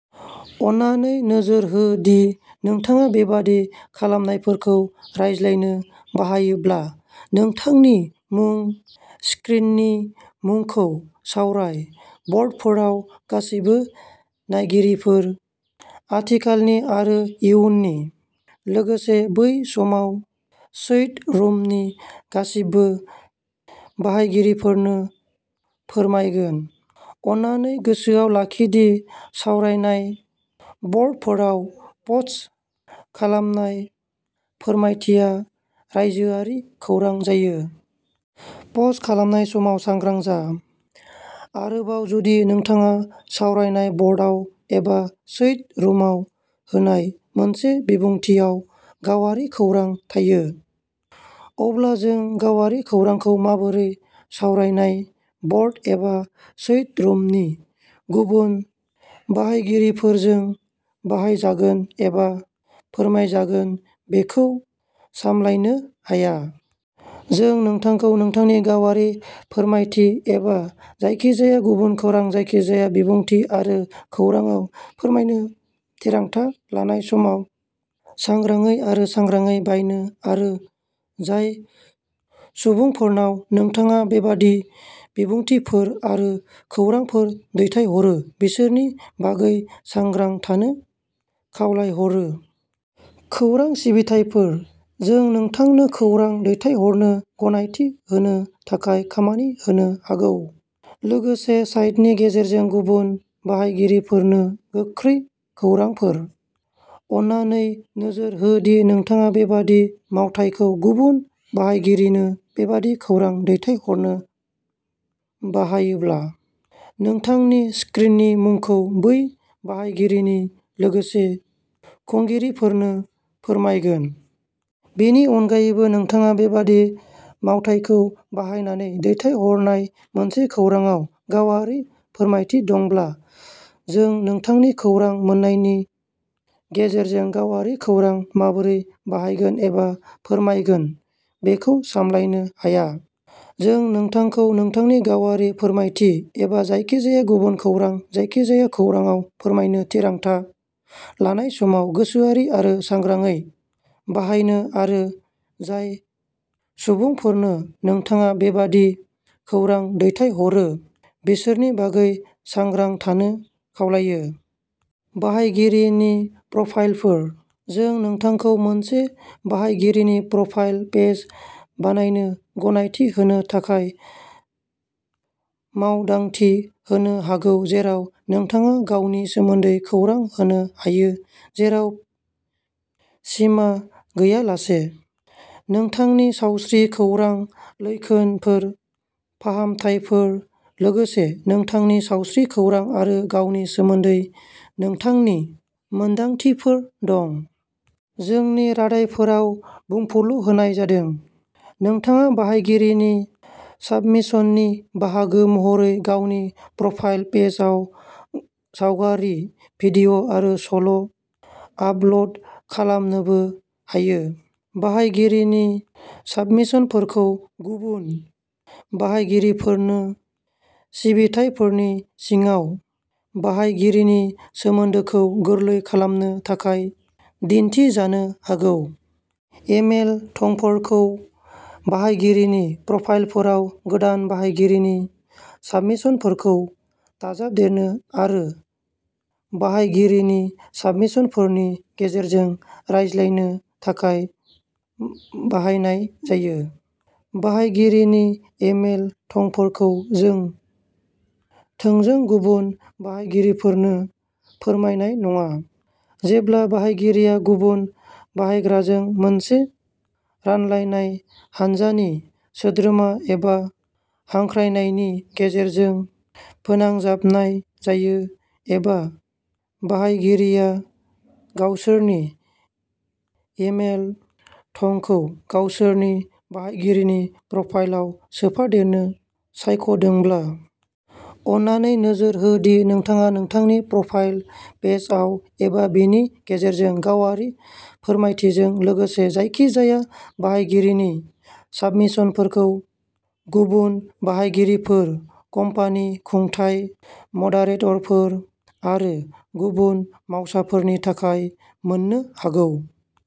अन्नानै नोजोर हो दि नोंथाङा बेबादि खामानिफोरखौ रायज्लायनो बाहायोब्ला, नोंथांनि मुं स्क्रिननि मुंखौ सावराय ब'र्डफोराव गासिबो नायगिरिफोर, आथिखालनि आरो इयुननि, लोगोसे बै समाव चैट रुमनि गासिबो बाहायगिरिफोरनो फोरमायगोन। अन्नानै गोसोआव लाखि दि सावरायनाय ब'र्डफोराव पस्ट खालामनाय फोरमायथिया रायजोआरि खौरां जायो। पस्ट खालामनाय समाव सांग्रां जा। आरोबाव, जुदि नोंथाङा सावरायनाय ब'र्डआव एबा चैट रुमाव होनाय मोनसे बिबुंथिआव गावारि खौरां थायो, अब्ला जों गावारि खौरांखौ माबोरै सावरायनाय ब'र्ड एबा चैट रुमनि गुबुन बाहायगिरिफोरजों बाहायजागोन एबा फोरमायजागोन बेखौ सामलायनो हाया। जों नोंथांखौ नोंथांनि गावारि फोरमायथि, एबा जायखिजाया गुबुन खौरां, जायखिजाया बिबुंथि आरो खौरांआव फोरमायनो थिरांथा लानाय समाव सांग्राङै आरो सांग्राङै बाहायनो आरो जाय सुबुंफोरनाव नोंथाङा बेबादि बिबुंथिफोर आरो खौरांफोर दैथायहरो बिसोरनि बागै सांग्रां थानो खावलायहरो। खौरां सिबिथायफोर जों नोंथांनो खौरां दैथायहरनो गनायथि होनो थाखाय खामानि होनो हागौ, लोगोसे साइटनि गेजेरजों गुबुन बाहायगिरिफोरनो गोख्रै खौरांफोर। अन्नानै नोजोर हो दि नोंथाङा बेबादि मावथायखौ गुबुन बाहायगिरिनो बेबादि खौरां दैथायहरनो बाहायोब्ला, नोंथांनि स्क्रिननि मुंखौ बै बाहायगिरिनि लोगोसे खुंगिरिफोरनो फोरमायगोन। बेनि अनगायैबो, नोंथाङा बेबादि मावथायखौ बाहायनानै दैथायहरनाय मोनसे खौरांआव गावारि फोरमायथि दंब्ला, जों नोंथांनि खौरां मोन्नायनि गेजेरजों गावारि खौरांखौ माबोरै बाहायगोन एबा फोरमायगोन बेखौ सामलायनो हाया। जों नोंथांखौ नोंथांनि गावारि फोरमायथि, एबा जायखिजाया गुबुन खौरां, जायखिजाया खौरांआव फोरमायनो थिरांथा लानाय समाव गोसोआरि आरो सांग्राङै बाहायनो आरो जाय सुबुंफोरनो नोंथाङा बेबादि खौरां दैथायहरो बिसोरनि बागै सांग्रां थानो खावलायो। बाहायगिरिनि प्रफाइलफोर जों नोंथांखौ मोनसे बाहायगिरिनि प्रफाइल पेज बानायनो गनायथि होनो थाखाय मावदांथि होनो हागौ जेराव नोंथाङा गावनि सोमोन्दै खौरां होनो हायो, जेराव सिमा गैयालासे, नोंथांनि सावस्रि खौरां, लैखोनफोर, फाहामथायफोर, लोगोसे नोंथांनि सावस्रि खौरां आरो गावनि सोमोन्दै नोंथांनि मोनदांथिफोर दं। जोंनि रादायफोराव बुंफुरलु होनाय जादों। नोंथाङा बाहायगिरिनि साबमिशननि बाहागो महरै गावनि प्रफाइल पेजआव सावगारि, भिडिअ' आरो सल' आपल'ड खालामनोबो हायो। बाहायगिरिनि साबमिशनफोरखौ गुबुन बाहायगिरिफोरनो सिबिथायफोरनि सिङाव बाहायगिरिनि सोमोन्दोखौ गोरलै खालामनो थाखाय दिन्थिजानो हागौ। इमेल थंफोरखौ बाहायगिरिनि प्रफाइलफोराव गोदान बाहायगिरिनि साबमिशनफोरखौ दाजाबदेरनो आरो बाहायगिरिनि साबमिशनफोरनि गेजेरजों रायज्लायनो थाखाय बाहायनाय जायो। बाहायगिरिनि इमेल थंफोरखौ जों थोंजों गुबुन बाहायगिरिफोरनो फोरमायनाय नङा, जेब्ला बाहायगिरिया गुबुन बाहायग्राजों मोनसे रानलायनाय हान्जानि सोद्रोमा एबा हांख्रायनायनि गेजेरजों "फोनांजाबनाय" जायो, एबा बाहायगिरिया गावसोरनि इमेल थंखौ गावसोरनि बाहायगिरिनि प्रफाइलाव सोफादेरनो सायख'दोंब्ला। अन्नानै नोजोर हो दि नोंथाङा नोंथांनि प्रफाइल पेजआव एबा बेनि गेजेरजों गावारि फोरमायथिजों लोगोसे जायखिजाया बाहायगिरिनि साबमिशनफोरखौ गुबुन बाहायगिरिफोर, कम्पानि, खुंथाय, मदारेटरफोर आरो गुबुन मावसाफोरनि थाखाय मोननो हागौ।